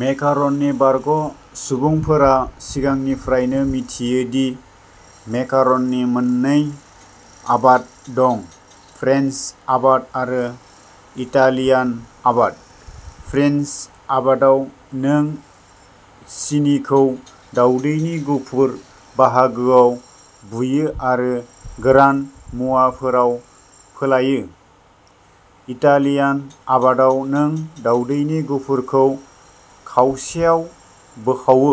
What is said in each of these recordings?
मेकारननि बारग'सुबुंफोरा सिगांनिफ्रायनो मिथियो दि मेकारननि मोननै आदब दं-फ्रेन्स आदब आरो इटालियान आदब। फ्रेन्स आदबाव, नों सिनिखौ दावदैनि गुफुर बाहागोआव बुयो आरो गोरान मुवाफोराव फोलायो। इटालियान आदबाव, नों दावदैनि गुफुरखौ खावसेयाव बोखावो।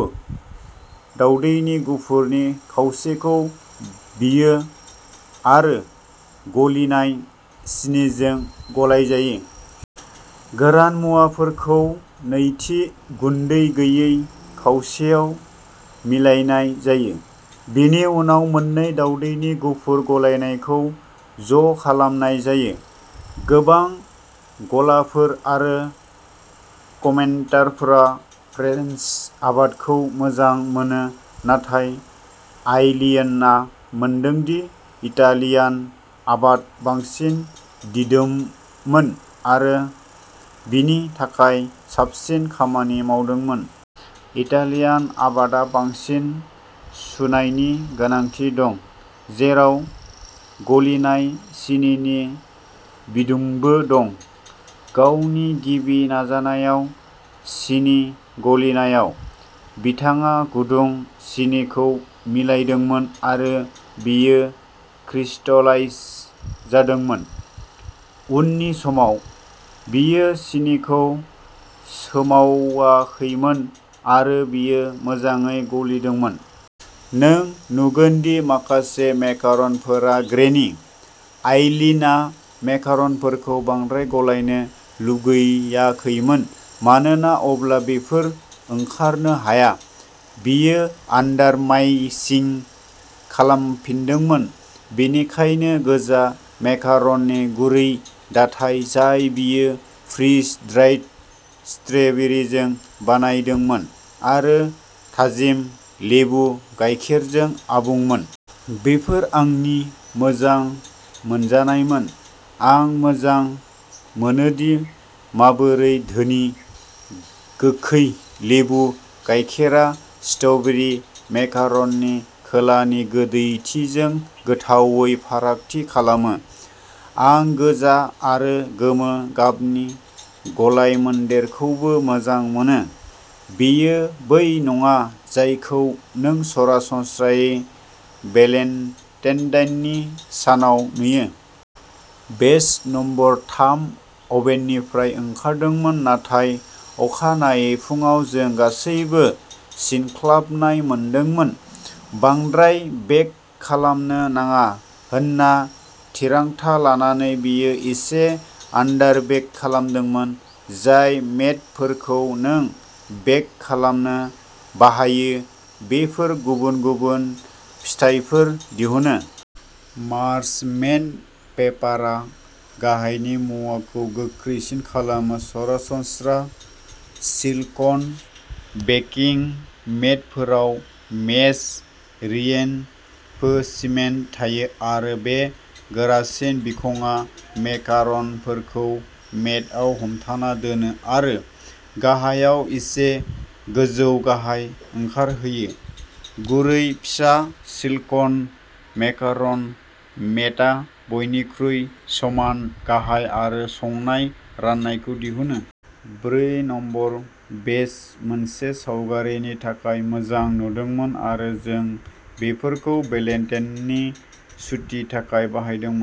दावदैनि गुफुरनि खावसेखौ बुयो आरो गलिनाय सिनिजों गलायजायो। गोरान मुवाफोरखौ नैथि, गुन्दै गैयै खावसेयाव मिलायनाय जायो। बेनि उनाव मोन्नै दावदैनि गुफुर गलायनायखौ ज'खालामनाय जायो। गोबां ब्लगारफोर आरो कमेन्टारफोरा फ्रेन्स आदबखौ मोजां मोनो, नाथाय आइलीनआ मोनदों दि इटालियान आदबा बांसिन दिदोममोन, आरो बिनि थाखाय साबसिन खामानि मावदोंमोन। इटालियान आदबा बांसिन सुनायनि गोनांथि दं, जेराव गलिनाय सिनिनि बिदुंबो दं। गावनि गिबि नाजानायाव सिनि गलिनायाव, बिथाङा गुदुं सिनिखौ मिलायदोंमोन आरो बेयो क्रिस्टलाइज जादोंमोन। उननि समाव। बियो सिनिखौ सोमावाखैमोन आरो बेयो मोजाङै गलिदोंमोन। नों नुगोन दि माखासे मेकारनफोरा ग्रेनि। आइलीनआ मेकारनफोरखौ बांद्राय गलायनो लुगैाखैमोन मानोना अब्ला बेफोर ओंखारनो हाया। बियो आन्दारमाइक्सिं खालामफिनदोंमोन-बेनिखायनो गोजा मेकारननि गुरै दाथाय जाय बियो फ्रिज-ड्राइ स्ट्र'बेरिजों बानायदोंमोन आरो थाजिम लेबु गाइखेरजों आबुंमोन। बेफोर आंनि मोजां मोनजानायमोन। आं मोजां मोनोदि माबोरै धोनि, गोखै लेबु गाइखेरआ स्ट्र'बेरि मेकारननि खोलानि गोदैथिजों गोथावै फारागथि खालामो। आं गोजा आरो गोमो गाबनि गलायमोन्देरखौबो मोजां मोनो। बेयो बै नङा जायखौ नों सरासनस्रायै भेलेन्टाइननि सानाव नुयो। बेच नम्बर थाम अभेननिफ्राय ओंखारदोंमोन, नाथाय अखानायै फुंआव जों गासैबो सिनख्लाबनाय मोनदोंमोन। बांद्राय बेक खालामनो नाङा होनना थिरांथा लानानै, बियो एसे आन्दारबेक खालामदोंमोन। जाय मेटफोरखौ नों बेक खालामनो बाहायो, बेफोर गुबुन गुबुन फिथायफोर दिहुनो। पार्चमेन्ट पेपारआ गाहायनि मुगाखौ गोख्रैसिन खालामो। सरासनस्रा स्लिक'न बेकिं मेटफोराव मेश रिइनफोर्समेन्ट थायो, आरो बे गोरासिन बिखंआ मेकार'नफोरखौ मेटआव हमथाना दोनो आरो गाहायाव एसे गोजौ-गाहाय ओंखारहोयो। गुरै, फिसा सिलिक'न मेकार'न मेटआ बयनिख्रुइ समान गाहाय आरो संनाय राननायखौ दिहुनो। ब्रै नम्बर बेच मोनसे सावगारिनि थाखाय मोजां नुदोंमोन आरो जों बेफोरखौ भेलेन्टाइननि शूटनि थाखाय बाहायदोंमोन।